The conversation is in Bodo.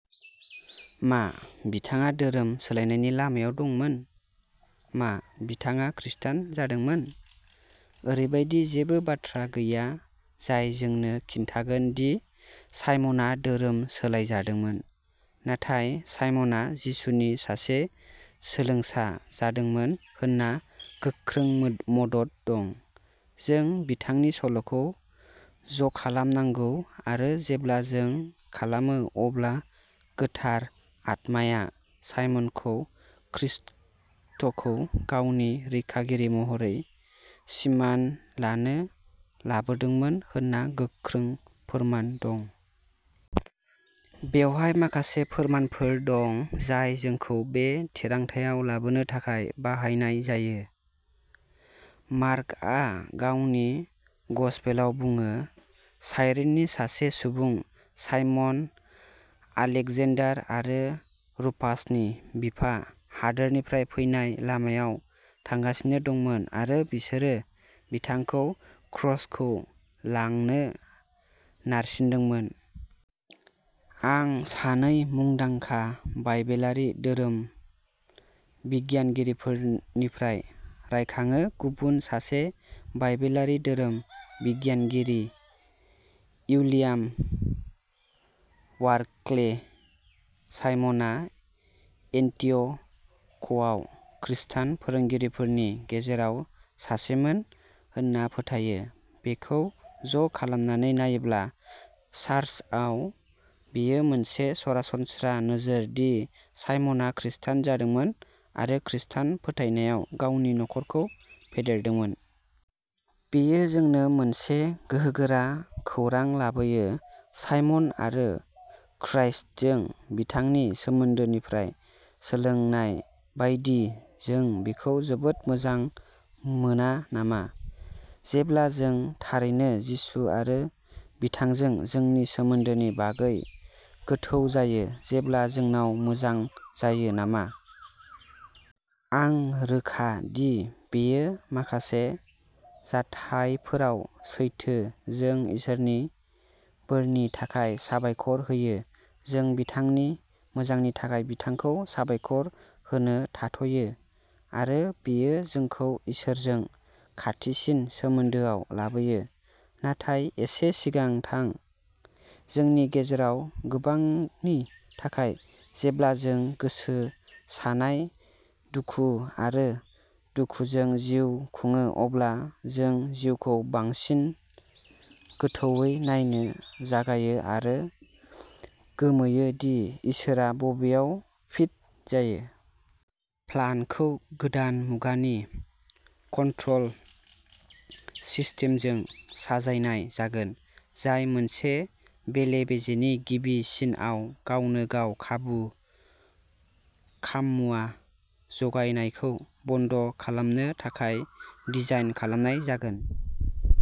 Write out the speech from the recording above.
मा बिथाङा धोरोम सोलायनायनि लामायाव दंमोन? मा बिथाङा खृष्टान जादोंमोन? ओरैबायदि जेबो बाथ्रा गैया जाय जोंनो खिन्थागोन दि साइमनआ धोरोम सोलायजादोंमोन, नाथाय साइमनआ जिसुनि सासे सोलोंसा जादोंमोन होनना गोख्रों मदद दं। जों बिथांनि सल'खौ ज'खालामनांगौ, आरो जेब्ला जों खालामो, अब्ला गोथार आत्माया साइमनखौ खृष्टखौ गावनि रैखागिरि महरै सिमान लानो लाबोदोंमोन होनना गोख्रों फोरमान दं। बेवहाय माखासे फोरमानफोर दं जाय जोंखौ बे थिरांथायाव लाबोनो थाखाय बाहायनाय जायो। मार्कआ गावनि गसपेलआव बुङो, "साइरेननि सासे सुबुं, साइमन, आलेकजेन्डार आरो रुफासनि बिफा, हादोरनिफ्राय फैनाय लामायाव थांगासिनो दंमोन, आरो बिसोरो बिथांखौ क्रसखौ लांनो नारसिनदोंमोन। " आं सानै मुंदांखा बाइबेलारि धोरोम बिगियानगिरिफोरनिफ्राय रायखाङो। गुबुन सासे बाइबेलारि धोरोम बिगियानगिरि, उइलियाम बार्कले, साइमनआ एन्टीअ'खआव खृष्टान फोरोंगिरिफोरनि गेजेराव सासेमोन होनना फोथायो। बेखौ ज'खालामनानै नायोब्ला, चार्चआव बेयो मोनसे सरासनस्रा नोजोर दि साइमनआ खृष्टान जादोंमोन आरो खृष्टान फोथायनायाव गावनि नखरखौ फेदेरदोंमोन। बेयो जोंनो मोनसे गोहोगोरा खौरां लाबोयो। साइमन आरो खृष्टजों बिथांनि सोमोन्दोनिफ्राय सोलोंनाय बायदि, जों बिखौ जोबोद मोजां मोना नामा? जेब्ला जों थारैनो जिसु आरो बिथांजों जोंनि सोमोन्दोनि बागै गोथौ जायो। जेब्ला जोंनाव मोजां जायो नामा? आं रोखा दि बेयो माखासे जाथायफोराव सैथो। जों इसोरनि बोरनि थाखाय साबायखर होयो। जों बिथांनि मोजांनि थाखाय बिथांखौ साबायखर होनो थाथ'यो, आरो बेयो जोंखौ इसोरजों खाथिसिन सोमोन्दोआव लाबोयो। नाथाय एसे सिगां थां। जोंनि गेजेराव गोबांनि थाखाय, जेब्ला जों गोसो सानाय, दुखु आरो दुखुजों जिउ खुङो अब्ला जों जिउखौ बांसिन गोथौवै नायनो जागायो आरो गोमोयो दि इसोरआ बबेयाव फिट जायो? प्लान्टखौ गोदान मुगानि कन्ट्रल सिस्टेमजों साजायनाय जागोन, जाय मोनसे बेले-बेजेनि गिबि सिनआव गावनो-गाव खाबु आरो खाममुवा जगायनायखौ बन्द खालामनो थाखाय डिजाइन खालामनाय जागोन।